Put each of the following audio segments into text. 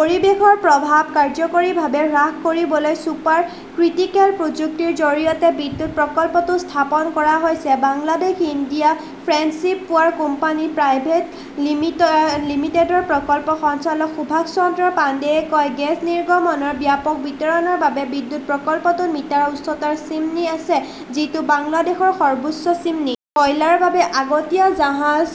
পৰিৱেশৰ প্ৰভাৱ কাৰ্যকৰীভাৱে হ্ৰাস কৰিবলৈ ছুপাৰ ক্ৰিটিকেল প্ৰযুক্তিৰ জৰিয়তে বিদ্যুৎ প্ৰকল্পটো স্থাপন কৰা হৈছে, Bangladesh India friendship power company private লিমিটেডৰ প্ৰকল্প সঞ্চালক সুভাষ চন্দ্ৰ পাণ্ডেয়ে কয়। গেছ নিৰ্গমনৰ ব্যাপক বিতৰণৰ বাবে বিদ্যুৎ প্ৰকল্পটোত মিটাৰ উচ্চতাৰ চিমনী আছে, যিটো বাংলাদেশৰ সৰ্বোচ্চ চিমনী। কয়লাৰ বাবে আগতীয়া জাহাজ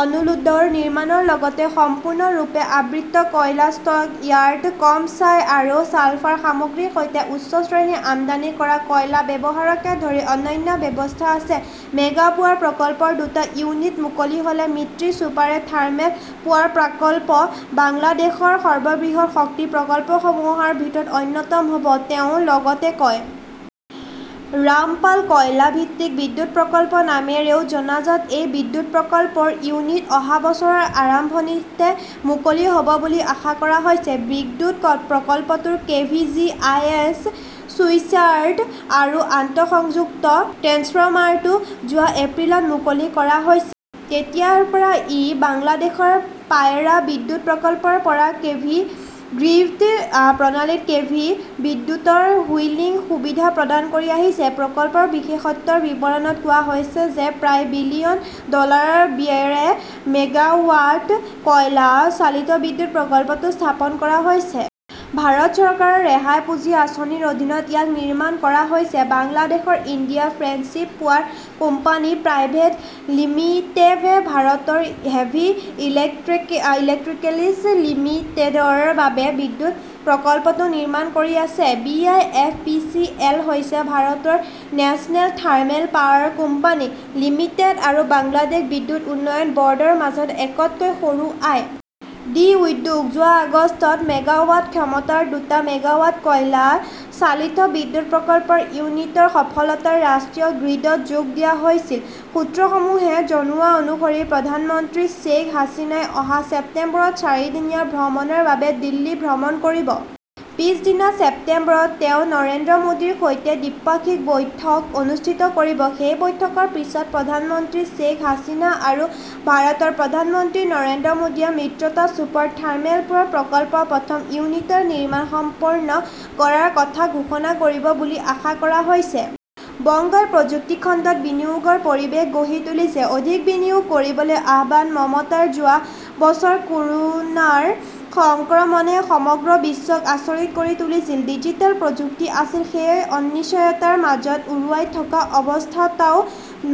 অনলোডাৰ নিৰ্মাণৰ লগতে সম্পূৰ্ণৰূপে আবৃত কয়লা ষ্টক য়াৰ্ড, কম ছাই আৰু ছালফাৰ সামগ্ৰীৰ সৈতে উচ্চ শ্ৰেণীৰ আমদানি কৰা কয়লা ব্যৱহাৰকে ধৰি অন্যান্য ব্যৱস্থা আছে। মেগা পাৱাৰ প্ৰকল্পৰ দুটা ইউনিট মুকলি হ'লে মিত্ৰী ছুপাৰ থাৰ্মেল পাৱাৰ প্ৰকল্প বাংলাদেশৰ সৰ্ববৃহৎ শক্তি প্ৰকল্পসমূহৰ ভিতৰত অন্যতম হ'ব, তেওঁ লগতে কয়। ৰামপাল কয়লা ভিত্তিক বিদ্যুৎ প্ৰকল্প নামেৰেও জনাজাত এই বিদ্যুৎ প্ৰকল্পৰ ইউনিট-অহা বছৰৰ আৰম্ভণিতে মুকলি হ'ব বুলি আশা কৰা হৈছে। বিদ্যুৎ প্ৰকল্পটোৰ K. V. G. I. S. Switchyard আৰু আন্তঃসংযুক্ত ট্ৰেন্সফাৰমাৰটো যোৱা এপ্ৰিলত মুকলি কৰা হৈছিল। তেতিয়াৰ পৰা ই বাংলাদেশৰ পায়ৰা বিদ্যুৎ প্ৰকল্পৰ পৰা কেভি গ্ৰীড প্ৰণালীত কেভি বিদ্যুৎৰ হুইলিং সুবিধা প্ৰদান কৰি আহিছে। প্ৰকল্পৰ বিশেষত্বৰ বিৱৰণত কোৱা হৈছে যে প্ৰায় বিলিয়ন ডলাৰৰ ব্যয়েৰে মেগাৱাট কয়লা চালিত বিদ্যুৎ প্ৰকল্পটো স্থাপন কৰা হৈছে। ভাৰত চৰকাৰৰ ৰেহাই পুঁজি আঁচনিৰ অধীনত ইয়াক নিৰ্মাণ কৰা হৈছে। বাংলাদেশৰ-ইণ্ডিয়া ফ্ৰেণ্ডশ্বিপ পাৱাৰ কোম্পানী প্ৰাইভেট লিমিটেডে ভাৰতৰ হেভি ইলেকট্ৰিকেলছ লিমিটেডৰ বাবে বিদ্যুৎ প্ৰকল্পটো নিৰ্মাণ কৰি আছে। B. I. F. P. C. L. হৈছে ভাৰতৰ national thermal power company limited আৰু বাংলাদেশ বিদ্যুৎ উন্নয়ন বৰ্ডৰ মাজত এক তকৈ সৰু আই. ডি. উদ্যোগ। যোৱা আগষ্টত মেগাৱাট ক্ষমতাৰ দুটা মেগাৱাট কয়লা চালিত বিদ্যুৎ প্ৰকল্পৰ ইউনিটৰ সফলতাৰে ৰাষ্ট্ৰীয় গ্ৰীডত যোগ দিয়া হৈছিল। সূত্ৰসমূহে জনোৱা অনুসৰি প্ৰধানমন্ত্ৰী শ্বেইখ হাছিনাই অহা ছেপ্টেম্বৰত চাৰিদিনীয়া ভ্ৰমণৰ বাবে দিল্লী ভ্ৰমণ কৰিব। পিছদিনা ছেপ্টেম্বৰত তেওঁ নৰেন্দ্ৰ মোদীৰ সৈতে দ্বিপাক্ষিক বৈঠক অনুষ্ঠিত কৰিব। সেই বৈঠকৰ পিছতে প্ৰধানমন্ত্ৰী শ্বেইখ হাছিনা আৰু ভাৰতৰ প্ৰধানমন্ত্ৰী নৰেন্দ্ৰ মোদীয়ে মিত্ৰতা ছুপাৰ থাৰ্মেল পাৱাৰ প্ৰকল্পৰ প্ৰথম ইউনিটৰ নিৰ্মাণ সম্পূৰ্ণ কৰাৰ কথা ঘোষণা কৰিব বুলি আশা কৰা হৈছে। বংগই প্ৰযুক্তি খণ্ডত বিনিয়োগৰ পৰিৱেশ গঢ়ি তুলিছে, অধিক বিনিয়োগ কৰিবলৈ আহ্বান মমতাৰ যোৱা বছৰ কৰোনাৰ সংক্ৰমণে সমগ্ৰ বিশ্বক আচৰিত কৰি তুলিছিল। ডিজিটেল প্ৰযুক্তি আছিল সেই অনিশ্চয়তাৰ মাজত উৰুৱাই থকা অৱস্থাতও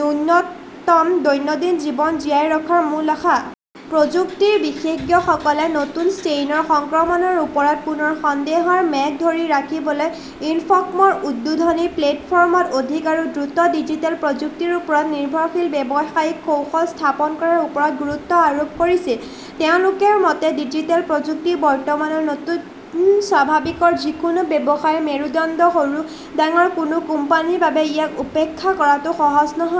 ন্যূনতম দৈনন্দিন জীৱন জীয়াই ৰখাৰ মূল আশা। প্ৰযুক্তিৰ বিশেষজ্ঞসকলে নতুন ষ্ট্ৰেইনৰ সংক্ৰমণৰ ওপৰত পুনৰ সন্দেহৰ মেঘ ধৰি ৰাখিবলৈ ইনফকমৰ উদ্বোধনী প্লেটফৰ্মত অধিক আৰু দ্ৰুত ডিজিটেল প্ৰযুক্তিৰ ওপৰত নিৰ্ভৰশীল ব্যৱসায়িক কৌশল স্থাপন কৰাৰ ওপৰত গুৰুত্ব আৰোপ কৰিছে। তেওঁলোকৰ মতে, ডিজিটেল প্ৰযুক্তি বৰ্তমানৰ নতুন স্বাভাৱিকৰ যিকোনো ব্যৱসায়ৰ মেৰুদণ্ড। সৰু-ডাঙৰ, কোনো কোম্পানীৰ বাবে ইয়াক উপেক্ষা কৰাটো সহজ নহয়।